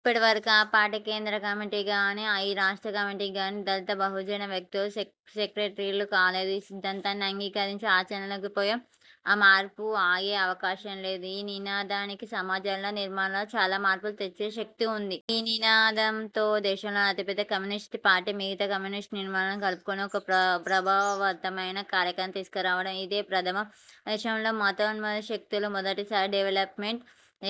ఇప్పటివరకు ఆ పార్టీ కేంద్ర కమిటీకి గానీ, ఈ రాష్ట్ర కమిటీకి గానీ దళిత బహుజన వ్యక్తులు సెక్రటరీలు కాలేదు. ఈ సిద్ధాంతాన్ని అంగీకరించి ఆచరణలోకి పోయాక ఆ మార్పు ఆగే అవకాశం లేదు. ఈ నినాదానికి సమాజంలో, నిర్మాణాల్లో చాలా మార్పులు తెచ్చే శక్తి ఉంది. ఈ నినాదంతో దేశంలోని అతిపెద్ద కమ్యూనిస్టు పార్టీ, మిగతా కమ్యూనిస్టు నిర్మాణాలను కలుపుకొని ఒక ప్రభావవంతమైన కార్యక్రమాన్ని తీసుకోవడం ఇదే ప్రథమం. దేశంలో మతోన్మాద శక్తులు మొదటిసారి డెవలప్మెంట్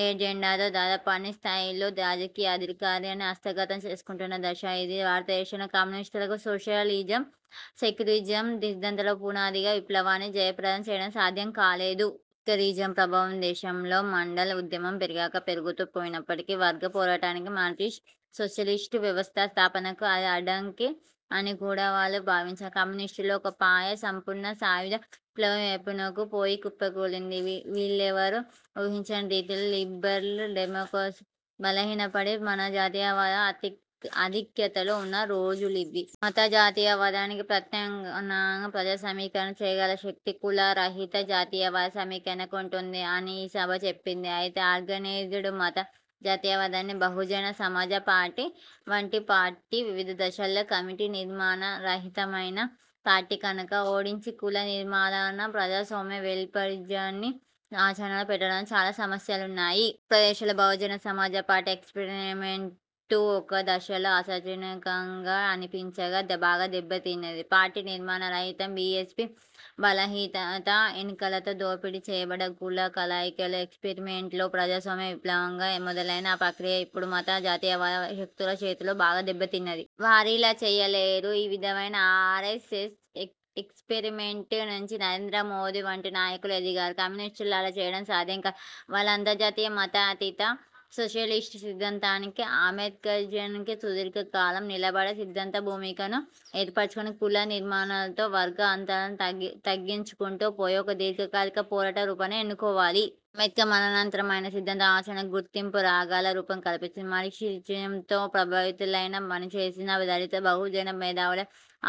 ఎజెండాతో దాదాపు అన్ని స్థాయిల్లో రాజకీయ అధికారాన్ని హస్తగతం చేసుకుంటున్న దశ ఇది. భారతదేశంలో కమ్యూనిస్టులకు సోషలిజం, సెక్యులరిజం సిద్ధాంతాల పునాదిగా విప్లవాన్ని జయప్రదం చెయ్యడం సాధ్యం కాలేదు. అంబేడ్కరిజం ప్రభావం దేశంలో మండల్ ఉద్యమం పెరిగాక పెరుగుతూ పోయినప్పటికీ, వర్గ పోరాటానికి మార్క్సిస్టు సోషలిస్టు వ్యవస్థ స్థాపనకు అది అడ్డంకి అని కూడా వాళ్ళు భావించారు. కమ్యూనిస్టుల్లో ఒక పాయ 'సంపూర్ణ సాయుధ' విప్లవం వైపునకు పోయి కుప్పకూలిపోయింది. వీళ్లెవ్వరూ ఊహించని రీతిలో 'లిబరల్ డెమోక్రసీ' బలహీనపడి 'మత జాతీయవాదం' ఆధిక్యతలో ఉన్న రోజులివి. మత జాతీయవాదానికి ప్రత్యామ్నాయంగా ప్రజాసమీకరణ చెయ్యగల శక్తి 'కుల రహిత జాతీయవాద' సమీకరణకు ఉంటుంది అని ఈ సభ చెప్పింది. అయితే ఆర్గనైజ్డ్ మత జాతీయవాదాన్ని, బహుజన్ సమాజ్ పార్టీ వంటి పార్టీ వివిధ దశల్లో కమిటీ నిర్మాణ రాహిత్యమున్న పార్టీ కనుక ఓడించి 'కుల నిర్మూలన ప్రజాస్వామ్య వెల్ఫేరిజాన్ని' ఆచరణలో పెట్టడంలో చాలా సమస్యలున్నాయి. ఉత్తరప్రదేశ్లో బహుజన సమాజ్ పార్టీ ఎక్స్పెర్మెంట్ ఒక దశలో ఆశాజనకంగా అనిపించినా, బాగా దెబ్బతిన్నది. పార్టీ నిర్మాణ రాహిత్యం బీఎస్పీ బలహీనత. ఎన్నికలతో దోపిడీ చెయ్యబడ్డ కుల కలయికల ఎక్స్పెరిమెంట్తో 'ప్రజాస్వామ్య విప్లవంగా' మొదలైన ఆ ప్రక్రియ ఇప్పుడు మత జాతీయవాద శక్తుల చేతిలో బాగా దెబ్బతిన్నది. వారిలా చెయ్యలేరు. ఈ విధమైన ఆర్ఎస్ఎస్ ఎక్స్పరిమెంట్ నుంచి నరేంద్ర మోదీ వంటి నాయకులు ఎదిగారు. కమ్యూనిస్టులు అలా చెయ్యడం సాధ్యం కాదు. వాళ్ళు అంతర్జాతీయ మతాతీత సోషలిస్టు సిద్ధాంతానికి అంబేడ్కరిజానికి సుదీర్ఘ కాలం నిలబడే సిద్ధాంత భూమికను ఏర్పరచుకొని కుల నిర్మూలనతో వర్గ అంతరాలను తగ్గించుకుంటూ పోయే ఒక దీర్ఘకాలిక పోరాట రూపాన్ని ఎన్నుకోవాలి. అంబేడ్కర్ మరణానంతరం ఆయన సిద్ధాంత ఆచరణకు గుర్తింపు రాగల రూపం కల్పించింది మార్క్సిజంతో ప్రభావితులై, పనిచేసిన దళిత బహుజన మేధావులే.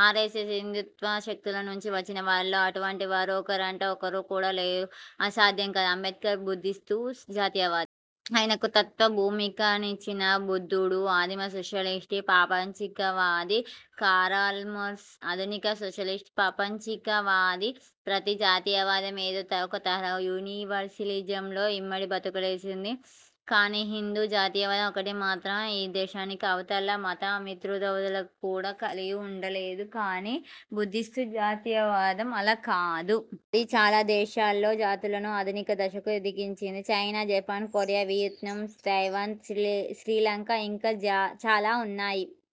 ఆర్ఎస్ఎస్ హిందూత్వ శక్తుల నుంచి వచ్చిన వారిలో అటువంటి వారు ఒక్కరంటే ఒక్కరు కూడా లేరు. అది సాధ్యమూ కాదు. అంబేడ్కర్ బుద్ధిస్టు జాతీయవాది. ఆయనకు తత్వభూమికనిచ్చిన బుద్ధుడు ఆదిమ సోషలిస్టు ప్రాపంచికవాది. కారల్మార్క్స్ ఆధునిక సోషలిస్టు ప్రాపంచికవాది. ప్రతి జాతీయవాదం ఏదో ఒక తరహా యూనివర్సలిజంలో ఇమిడి బతుకాల్సిందే. కానీ హిందూ జాతీయవాదం ఒక్కటి మాత్రం ఈ దేశానికి అవతల మత మితృత్వవాదులను కూడా కలిగి ఉండలేదు. కానీ బుద్ధిస్టు జాతీయవాదం అలా కాదు. అది చాలా దేశాల్లో జాతులను ఆధునిక దశకు ఎదిగించింది. China, Japan, Korea, Vietnam, Taiwan, Sri Lanka ఇంకా చాలా ఉన్నాయి.